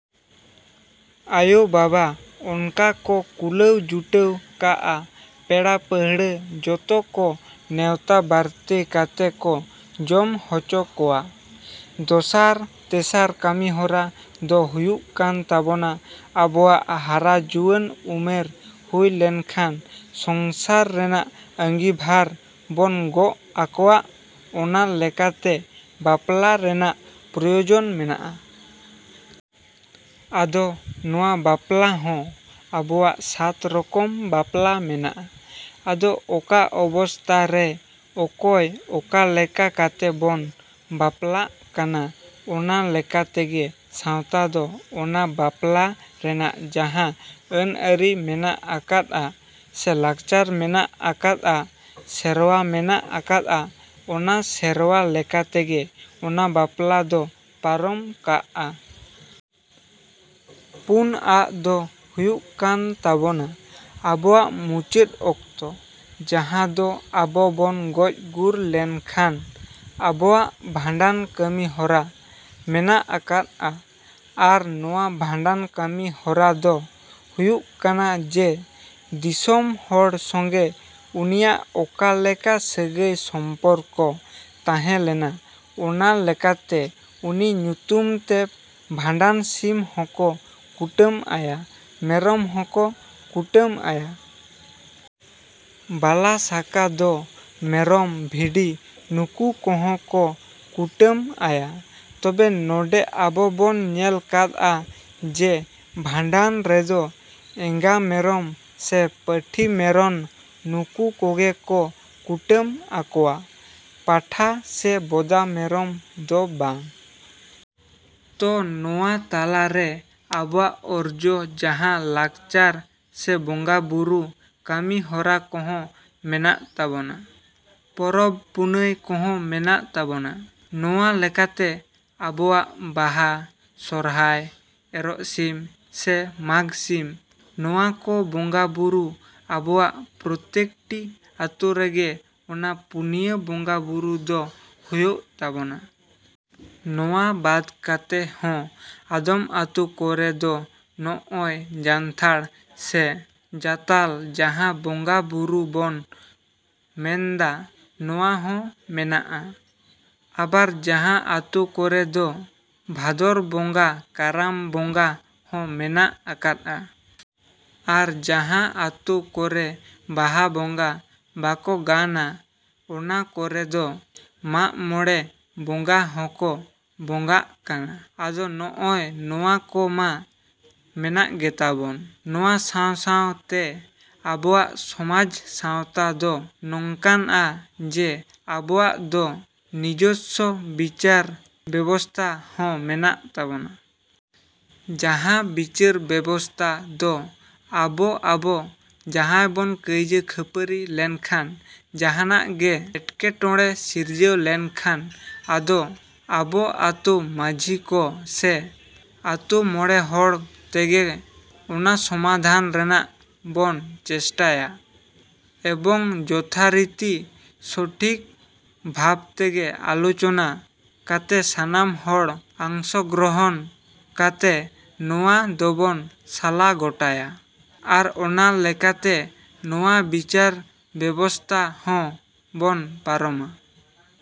‎ᱟᱭᱳᱼᱵᱟᱵᱟ ᱚᱱᱠᱟ ᱠᱚ ᱠᱩᱞᱟᱹᱣ ᱡᱩᱴᱟᱹᱣ ᱠᱟᱜᱼᱟ, ᱯᱮᱲᱟᱼᱯᱟᱺᱦᱲᱟᱹ ᱡᱚᱛᱚ ᱠᱚ ᱱᱮᱣᱛᱟ ᱵᱟᱨᱛᱮ ᱠᱟᱛᱮ ᱠᱚ ᱡᱚᱢ ᱦᱚᱪᱚ ᱠᱚᱣᱟ᱾ ᱫᱚᱥᱟᱨ, ᱛᱮᱥᱟᱨ ᱠᱟᱹᱢᱤᱦᱚᱨᱟ ᱫᱚ ᱦᱩᱭᱩᱜ ᱠᱟᱱ ᱛᱟᱵᱚᱱᱟ ᱟᱵᱚᱣᱟᱜ ᱦᱟᱨᱟ ᱡᱩᱣᱟᱹᱱ ᱩᱢᱮᱨ ᱦᱩᱭ ᱞᱮᱱᱠᱷᱟᱱ ᱥᱚᱝᱥᱟᱨ ᱨᱮᱱᱟᱜ ᱟᱺᱜᱤᱵᱷᱟᱨ ᱵᱚᱱ ᱜᱚᱜ ᱟᱠᱚᱣᱟᱜ ᱚᱱᱟ ᱞᱮᱠᱟᱛᱮ ᱵᱟᱯᱞᱟ ᱨᱮᱱᱟᱜ ᱯᱨᱚᱭᱳᱡᱚᱱ ᱢᱮᱱᱟᱜᱼᱟ᱾ ᱟᱫᱚ ᱱᱚᱣᱟ ᱵᱟᱯᱞᱟ ᱦᱚᱸ ᱟᱵᱚᱣᱟᱜ ᱥᱟᱛ ᱨᱚᱠᱚᱢ ᱵᱟᱯᱞᱟ ᱢᱮᱱᱟᱜᱼᱟ᱾ ᱟᱫᱚ ᱚᱠᱟ ᱚᱵᱚᱥᱛᱟ ᱨᱮ ᱚᱠᱚᱭ ᱚᱠᱟ ᱞᱮᱠᱟ ᱠᱟᱛᱮ ᱵᱚᱱ ᱵᱟᱯᱞᱟᱜ ᱠᱟᱱᱟ ᱚᱱᱟ ᱞᱮᱠᱟ ᱛᱮᱜᱮ ᱥᱟᱶᱛᱟ ᱫᱚ ᱚᱱᱟ ᱵᱟᱯᱞᱟ ᱨᱮᱱᱟᱜ ᱡᱟᱦᱟᱸ ᱟᱹᱱᱼᱟᱹᱨᱤ ᱢᱮᱱᱟᱜ ᱟᱠᱟᱫᱼᱟ ᱥᱮ ᱞᱟᱠᱪᱟᱨ ᱢᱮᱱᱟᱜ ᱟᱠᱟᱫᱼᱟ, ᱥᱮᱨᱣᱟ ᱢᱮᱱᱟᱜ ᱟᱠᱟᱫᱼᱟ, ᱚᱱᱟ ᱥᱮᱨᱣᱟ ᱞᱮᱠᱟ ᱛᱮᱜᱮ ᱚᱱᱟ ᱵᱟᱯᱞᱟ ᱫᱚ ᱯᱟᱨᱚᱢ ᱠᱟᱜᱼᱟ᱾ ᱯᱩᱱᱟᱜ ᱫᱚ ᱦᱩᱭᱩᱜ ᱠᱟᱱ ᱛᱟᱵᱚᱱᱟ ᱟᱵᱚᱣᱟᱜ ᱢᱩᱪᱟᱹᱫ ᱚᱠᱛᱚ, ᱡᱟᱦᱟᱸ ᱫᱚ ᱟᱵᱚ ᱵᱚᱱ ᱜᱚᱡ ᱜᱩᱨ ᱞᱮᱱ ᱠᱷᱟᱱ ᱟᱵᱚᱣᱟᱜ ᱵᱷᱟᱸᱰᱟᱱ ᱠᱟᱹᱢᱤ ᱦᱚᱨᱟ ᱢᱮᱱᱟᱜ ᱟᱠᱟᱫᱼᱟ᱾ ᱟᱨ ᱱᱚᱣᱟ ᱵᱷᱟᱸᱰᱟᱱ ᱠᱟᱹᱢᱤ ᱦᱚᱨᱟ ᱫᱚ ᱦᱩᱭᱩᱜ ᱠᱟᱱᱟ ᱡᱮ, ᱫᱤᱥᱚᱢ ᱦᱚᱲ ᱥᱚᱸᱜᱮ ᱩᱱᱤᱭᱟᱜ ᱚᱠᱟ ᱞᱮᱠᱟ ᱥᱟᱹᱜᱟᱹᱭ ᱥᱚᱢᱯᱚᱨᱠᱚ ᱛᱟᱦᱮᱞᱮᱱᱟ ᱚᱱᱟ ᱞᱮᱠᱟᱛᱮ ᱩᱱᱤ ᱧᱩᱛᱩᱢ ᱛᱮ ᱵᱷᱟᱸᱰᱟᱱ ᱥᱤᱢ ᱦᱚᱸᱠᱚ ᱠᱩᱴᱟᱹᱢᱟᱭᱟ, ᱢᱮᱨᱚᱢ ᱦᱚᱸᱠᱚ ᱠᱩᱴᱟᱹᱢᱟᱭᱟ᱾ ᱵᱟᱞᱟ ᱥᱟᱠᱟ ᱫᱚ ᱢᱮᱨᱚᱢ, ᱵᱷᱤᱰᱤ ᱱᱩᱠᱩ ᱠᱚᱦᱚᱸ ᱠᱚ ᱠᱩᱴᱟᱹᱢᱟᱭᱟ᱾ ᱛᱚᱵᱮ ᱱᱚᱰᱮ ᱟᱵᱚ ᱵᱚᱱ ᱧᱮᱞ ᱠᱟᱫᱼᱟ, ᱡᱮ ᱵᱷᱟᱸᱰᱟᱱ ᱨᱮᱫᱚ ᱮᱸᱜᱟ ᱢᱮᱨᱚᱢ ᱥᱮ ᱯᱟᱹᱴᱷᱤ ᱢᱮᱨᱚᱱ ᱱᱩᱠᱩ ᱠᱚᱜᱮ ᱠᱚ ᱠᱩᱴᱟᱹᱢᱟᱠᱚᱣᱟ᱾ ᱯᱟᱸᱴᱷᱟ ᱥᱮ ᱵᱚᱫᱟ ᱢᱮᱨᱚᱢ ᱫᱚ ᱵᱟᱝ᱾ ᱛᱚ, ᱱᱚᱣᱟ ᱛᱟᱞᱟ ᱨᱮ ᱟᱵᱚᱣᱟᱜ ᱟᱨᱚ ᱡᱟᱦᱟᱸ ᱞᱟᱠᱪᱟᱨ ᱥᱮ ᱵᱚᱸᱜᱟ ᱵᱩᱨᱩ ᱠᱟᱹᱢᱤ ᱦᱚᱨᱟ ᱠᱚᱦᱚᱸ ᱢᱮᱱᱟᱜ ᱛᱟᱵᱚᱱᱟ, ᱯᱚᱨᱚᱵᱽᱼᱯᱩᱱᱟᱹᱭ ᱠᱚᱦᱚᱸ ᱢᱮᱱᱟᱜ ᱛᱟᱵᱚᱱᱟ ᱱᱚᱣᱟ ᱞᱮᱠᱟᱛᱮ ᱟᱵᱚᱣᱟᱜ ᱵᱟᱦᱟ, ᱥᱚᱨᱦᱟᱭ, ᱮᱨᱚᱜ ᱥᱤᱢ ᱥᱮ ᱢᱟᱜᱷ ᱥᱤᱢ ᱱᱚᱣᱟ ᱠᱚ ᱵᱚᱸᱜᱟ ᱵᱩᱨᱩ ᱟᱵᱚᱣᱟᱜ ᱯᱨᱚᱛᱛᱮᱠᱴᱤ ᱟᱛᱳ ᱨᱮᱜᱮ ᱚᱱᱟ ᱯᱩᱱᱭᱟᱹ ᱵᱚᱸᱜᱟ ᱵᱩᱨᱩ ᱫᱚ ᱦᱳᱭᱳᱜ ᱛᱟᱵᱚᱱᱟ᱾ ᱱᱚᱣᱟ ᱵᱟᱫ ᱠᱟᱛᱮ ᱦᱚᱸ ᱟᱫᱚᱢ ᱟᱛᱳ ᱠᱚᱨᱮ ᱫᱚ ᱱᱚᱜᱼᱚᱭ ᱡᱟᱱᱛᱷᱟᱲ ᱥᱮ ᱡᱟᱛᱟᱞ ᱡᱟᱦᱟᱸ ᱵᱚᱸᱜᱟ ᱵᱩᱨᱩ ᱵᱚᱱ ᱢᱮᱱᱫᱟ, ᱱᱚᱣᱟ ᱦᱚᱸ ᱢᱮᱱᱟᱜᱼᱟ ᱾ ᱟᱵᱟᱨ ᱡᱟᱦᱟᱸ ᱟᱛᱳ ᱠᱚᱨᱮ ᱫᱚ ᱵᱷᱟᱫᱚᱨ ᱵᱚᱸᱜᱟ ᱠᱟᱨᱟᱢ ᱵᱚᱸᱜᱟ ᱦᱚᱸ ᱢᱮᱱᱟᱜ ᱠᱟᱫᱼᱟ᱾ ᱟᱨ ᱡᱟᱦᱟᱸ ᱟᱛᱳ ᱠᱚᱨᱮ ᱵᱟᱦᱟ ᱵᱚᱸᱜᱟ ᱵᱟᱠᱚ ᱜᱟᱱᱟ, ᱚᱱᱟ ᱠᱚᱨᱮ ᱫᱚ ᱢᱟᱜᱢᱚᱬᱮ ᱵᱚᱸᱜᱟ ᱦᱚᱸᱠᱚ ᱵᱚᱸᱜᱟᱜ ᱠᱟᱱᱟ᱾ ᱟᱫᱚ ᱱᱚᱜᱼᱚᱭ ᱱᱚᱣᱟ ᱠᱚ ᱢᱟ ᱢᱮᱱᱟᱜ ᱜᱮᱛᱟ ᱵᱚᱱ, ᱱᱚᱣᱟ ᱥᱟᱶ ᱥᱟᱶ ᱛᱮ ᱟᱵᱚᱣᱟᱜ ᱥᱚᱢᱟᱡᱽ ᱥᱟᱶᱛᱟ ᱫᱚ ᱱᱚᱝᱠᱟᱱᱟ, ᱡᱮ ᱟᱵᱚᱣᱟᱜ ᱫᱚ ᱱᱤᱡᱚᱥᱥᱚ ᱵᱤᱪᱟᱨ ᱵᱮᱵᱚᱥᱛᱟ ᱦᱚᱸ ᱢᱮᱱᱟᱜ ᱛᱟᱵᱚᱱᱟ᱾ ᱡᱟᱦᱟᱸ ᱵᱤᱪᱟᱨ ᱵᱮᱵᱚᱥᱛᱟ ᱫᱚ ᱟᱵᱚ ᱟᱵᱚ ᱡᱟᱦᱟᱸᱭ ᱵᱚᱱ ᱠᱟᱹᱭᱡᱟᱹ ᱠᱷᱟᱹᱯᱟᱹᱨᱤ ᱞᱮᱱᱠᱷᱟᱱ ᱡᱟᱦᱟᱱᱟᱜ ᱜᱮ ᱮᱴᱠᱮᱴᱚᱬᱮ ᱥᱤᱨᱡᱟᱹᱣ ᱞᱮᱱᱠᱷᱟᱱ ᱟᱫᱚ ᱟᱵᱚ ᱟᱛᱳ ᱢᱟᱹᱡᱷᱤ ᱠᱚ ᱥᱮ ᱟᱛᱳ ᱢᱚᱬᱮ ᱦᱚᱲ ᱛᱮᱜᱮ ᱚᱱᱟ ᱥᱚᱢᱟᱫᱷᱟᱱ ᱨᱮᱱᱟᱜ ᱵᱚᱱ ᱪᱮᱥᱴᱟᱭᱟ, ᱮᱵᱚᱝ ᱡᱚᱛᱷᱟᱨᱤᱛᱤ ᱥᱚᱴᱷᱤᱠ ᱵᱷᱟᱵ ᱛᱮᱜᱮ ᱟᱞᱳᱪᱚᱱᱟ ᱠᱟᱛᱮ ᱥᱟᱱᱟᱢ ᱦᱚᱲ ᱟᱝᱥᱚᱜᱨᱚᱦᱚᱱ ᱠᱟᱛᱮ ᱱᱚᱣᱟ ᱫᱚᱵᱚᱱ ᱥᱟᱞᱟ ᱜᱚᱴᱟᱭᱟ᱾ ᱟᱨ ᱚᱱᱟ ᱞᱮᱠᱟᱛᱮ ᱱᱚᱣᱟ ᱵᱤᱪᱟᱨ ᱵᱮᱵᱚᱥᱛᱟ ᱦᱚᱸᱵᱚᱱ ᱯᱟᱨᱚᱢᱟ᱾।